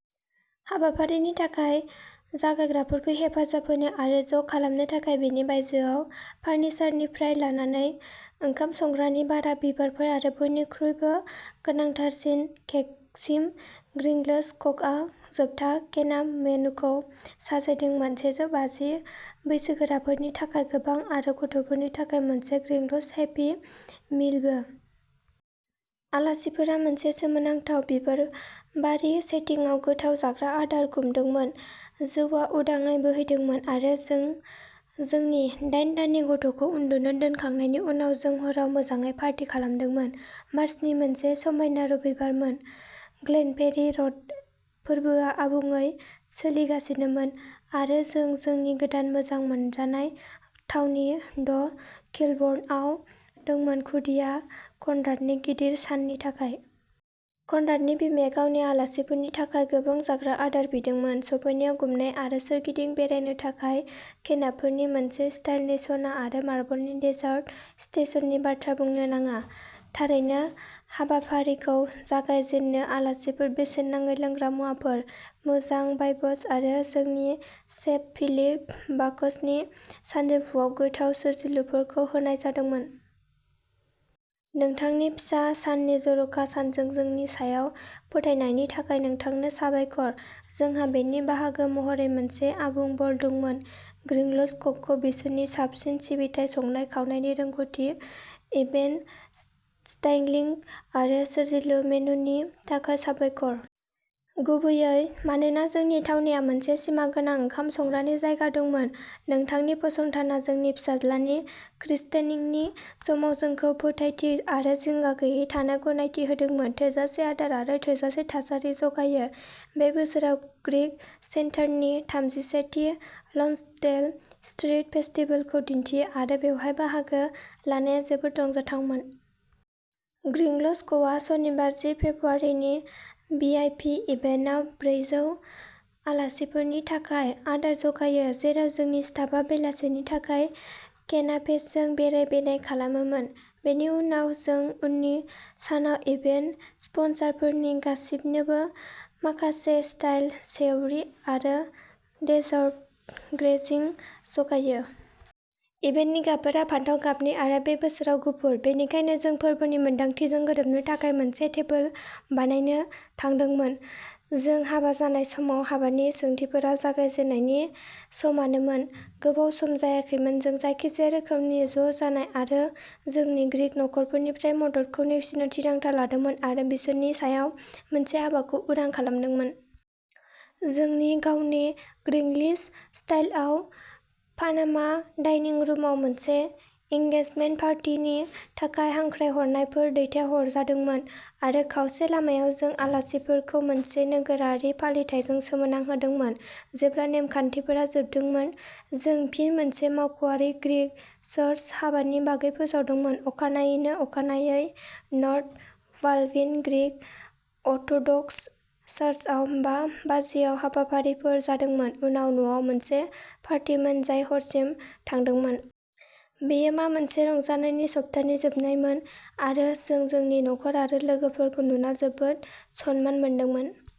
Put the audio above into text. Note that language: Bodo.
हाबाफारिनि थाखाय जगायग्राफोरखौ हेफाजाब होनो आरो ज' खालामनो थाखाय बेनि बायजोआव फार्निचारनिफ्राय लानानै ओंखाम संग्रानि भारा, बिबारफोर आरो बयनिख्रुइबो गोनांथारसिन केकसिम ग्रिंग्लिश क'आ जोबथा केनाप मेनुखौ साजायदोंमोन, सेजौ बाजि बैसोगोराफोरनि थाखाय गोबां आरो गथ'फोरनि थाखाय मोनसे ग्रिंग्लिश हेपि मिलबो। आलासिफोरा मोनसे सोमोनांथाव बिबारबारि सेटिंआव गोथाव जाग्रा आदारखौ गुमदोंमोन, जौआ उदाङै बोहैदोंमोन आरो जों जोंनि दाइन दाननि गथ'खौ उन्दुनो दोनखांनायनि उनाव जों हराव मोजाङै पार्टी खालामदोंमोन। मार्चनि मोनसे समायना रबिबारमोन, ग्लेनफेरि र'ड फोरबोआ आबुङै सोलिगासिनोमोन आरो जों जोंनि गोदान मोजां मोनजानाय थावनि द' किलबर्न'आव दंमोन खुदिया कनराडनि गिदिर साननि थाखाय। कनराडनि बिमाया गावनि आलासिफोरनि थाखाय गोबां जाग्रा आदार बिदोंमोन, सफैनायाव गुमनाय आरो सोरगिदिं बेरायनो थाखाय केनापफोर मोनसे स्टाइलनि सना आरो मार्बलनि डेजार्ट स्टेशननि बाथ्रा बुंनो नाङा, थारैनो हाबाफारिखौ जागाय जेननो आलासिफोर बेसेन नाङै लोंग्रा मुवाफोर, मोजां भाइबस आरो जोंनि सेफ फिलिप भाकसनि सानजौफुआव गोथाव सोरजिलुफोरखौ होनाय जादोंमोन। नोंथांनि फिसा साननि जर'खा सानजों जोंनि सायाव फोथायनायनि थाखाय नोंथांनो साबायखर, जोंहा बेनि बाहागो महरै मोनसे आबुं बल दंमोन। 'ग्रिंलिश क'खौ बिसोरनि साबसिन सिबिथाइ, संनाय-खावनायनि रोंग'थि, इभेन्ट स्टाइलिंग आरो सोरजिलु मेनुनि थाखाय साबायखर। गुबैयै मानोना जोंनि थावनिहा मोनसे सिमागोनां ओंखाम संग्रानि जायगा दंमोन। नोंथांनि फसंथाना जोंनि फिसाज्लानि क्रिस्टेनिंनि समाव जोंखौ फोथायथि आरो जिंगा गैयै थानो गनायथि होदोंमोन थोजासे आदार आरो थोजासे थासारि जगायो। बे बोसोराव ग्रीक सेन्टारनि थामजिसेथि लन्सडेल स्ट्रीट फेस्टिवलखौ दिन्थियो आरो बेयाव बाहागो लानाया जोबोद रंजाथावमोन। ग्रिंलिश क'आ सनिबार जि फेब्रुआरिनि 'वीआईपी इभेन्ट'आव ब्रैजौ आलासिफोरनि थाखाय आदार जगायो, जेराव जोंनि स्टाफआ बेलासेनि थाखाय केनापेसजों बेराय-बेराय खालामोमोन। बेनि उनाव जों उननि सानाव इभेन्ट स्पन्सरफोरनि गासिबोनो माखासे स्टाइल सेवरी आरो डेजार्ट ग्रेजिं जगायो। इभेन्टनि गाबफोरा फान्थाव गाबनि आरो बे बोसोराव गुफुर, बेनिखायनो जों फोरबोनि मोनदांथिजों गोरोबनो थाखाय मोनसे टेबोल बानायनो थांदोंमोन। जों हाबा जानाय समाव, हाबानि सोंथिफोरा जागाय जेननायनि समानोमोन। गोबाव सम जायाखैमोन, जों जायखिजाया रोखोमनि ज' जानाय आरो जोंनि ग्रीक नखरफोरनिफ्राय 'मदद'खौ नेवसिनो थिरांथा लादोंमोन आरो बिसोरनि सायाव मोनसे हाबाखौ उदां खालामदोंमोन। जोंनि गावनि 'ग्रिंग्लिश'स्टाइलआव पानामा डाइनिं रुमआव मोनसे एंगेजमेन्ट पार्टिनि थाखाय हांख्रायहरनायफोर दैथायहरजादोंमोन आरो खावसे लामायाव जों आलासिफोरखौ मोनसे नोगोरारि फालिथायजों सोमोनांहोदोंमोन। जेब्ला नेमखान्थिफोरा जोबदोंमोन, जों फिन जोंनि मावख'आरि ग्रीक चार्च हाबानि बागै फोसावदोंमोन, अखानायैनो, अखानायै नर्थ बालविन ग्रीक अर्थ'डक्स चार्चआव बा बाजियाव हाबाफारिफोर जादोंमोन, उनाव न'आव मोनसे पार्टीमोन जाय हरसिम थांदोंमोन। बेयो मा मोनसे रंजानायनि सप्तानि जोबनायमोन आरो जों जोंनि नखर आरो लोगोफोरखौ नुना जोबोद सनमान मोनदोंमोन।